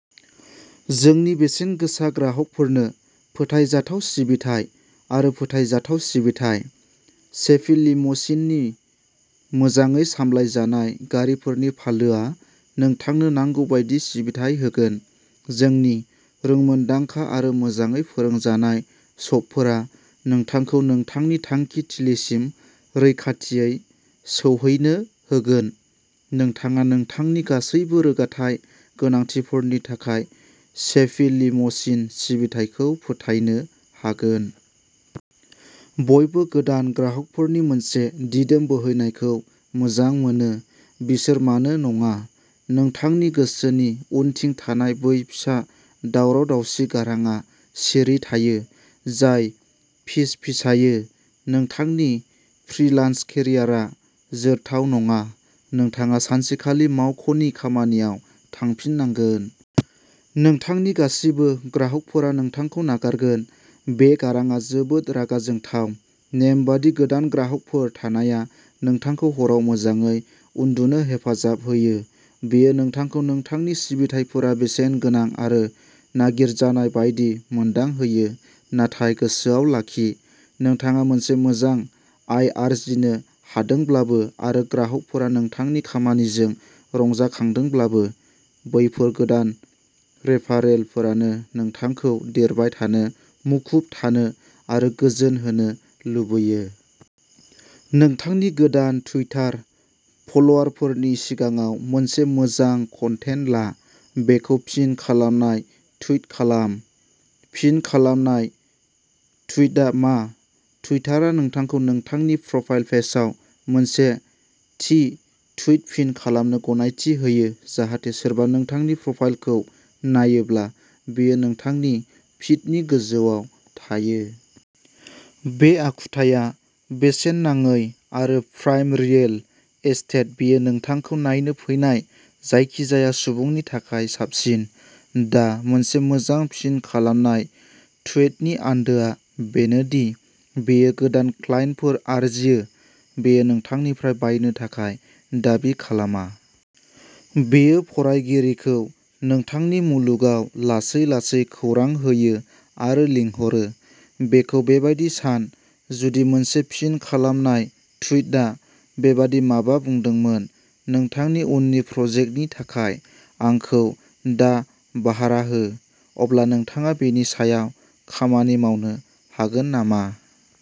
जोंनि बेसेनगोसा ग्राहकफोरनो फोथायजाथाव सिबिथाइ आरो फोथायजाथाव सिबिथाइ। चेफि लिम'सिननि मोजाङै सामलायजानाय गारिफोरनि फालोआ नोंथांनो नांगौ बायदि सिबिथाइ होगोन। जोंनि रोंमोन्दांखा आरो मोजाङै फोरोंजानाय श'फफोरा नोंथांखौ नोंथांनि थांखिथिलिसिम रैखाथियै सौहैनो होगोन। नोंथाङा नोंथांनि गासैबो रोगाथाइ गोनांथिफोरनि थाखाय चेफि लिम'सिन सिबिथाइखौ फोथायनो हागोन। बयबो गोदान ग्राहकफोरनि मोनसे दिदोम बोहैनायखौ मोजां मोनो। बिसोर मानो नङा? नोंथांनि गोसोनि उनथिं थानाय बै फिसा दावराव-दावसि गारांआ सिरि थायो, जाय फिसफिसायो, "नोंथांनि फ्रीलान्स केरियारआ जोरथाव नङा। नोंथाङा सानसेखालि मावख'नि खामानियाव थांफिननांगोन। नोंथांनि गासिबो ग्राहकफोरा नोंथांखौ नागारगोन। " बे गारांआ जोबोद रागा जोंथाव। नेमबादि गोदान ग्राहकफोर थानाया नोंथांखौ हराव मोजाङै उन्दुनो हेफाजाब होयो। बेयो नोंथांखौ नोंथांनि सिबिथाइफोरा बेसेनगोनां आरो नागिरजानाय बायदि मोनदांहोयो। नाथाय गोसोआव लाखिः नोंथाङा मोनसे मोजां आय आर्जिनो हादोंब्लाबो आरो ग्राहकफोरा नोंथांनि खामानिजों रंजाखांदोंब्लाबो, बैफोर गोदान रेफारेलफोरानो नोंथांखौ देरबाय थानो, मुखुब थानो आरो गोजोन होनो लुबैयो। नोंथांनि गोदान टुइटार फलोअरफोरनि सिगाङाव मोनसे मोजां कन्टेन्ट ला? बेखौ पिन खालामनाय टुइट खालाम। पिन खालामनाय ट्विटआ मा? ट्विटरआ नोंथांखौ नोंथांनि प्रफाइल पेजआव मोनसे थि ट्विट पिन खालामनो गनायथि होयो, जाहाथे सोरबा नोंथांनि प्रफाइलखौ नायोब्ला बेयो नोंथांनि फिडनि गोजौआव थायो। बे आखुथाया बेसेन नाङै आरो प्राइम रियेल एस्टेट-बेयो नोंथांखौ नायनो फैनाय जायखिजाया सुबुंनि थाखाय साबसिन। दा, मोनसे मोजां पिन खालामनाय ट्विटनि आन्दोआ बेनो दि बेयो गोदान क्लाइन्टफोर आरजियो-बेयो नोंथांनिफ्राय बायनो थाखाय दाबि खालामा। बेयो फरायगिरिखौ नोंथांनि मुलुगाव लासै-लासै खौरां होयो आरो लिंहरो। बेखौ बेबायदि सानः जुदि मोनसे पिन खालामनाय ट्विटआ बेबादि माबा बुंदोंमोन, "नोंथांनि उननि प्रजेक्टनि थाखाय आंखौ दा भारा हो", अब्ला नोंथाङा बेनि सायाव खामानि मावनो हागोन नामा?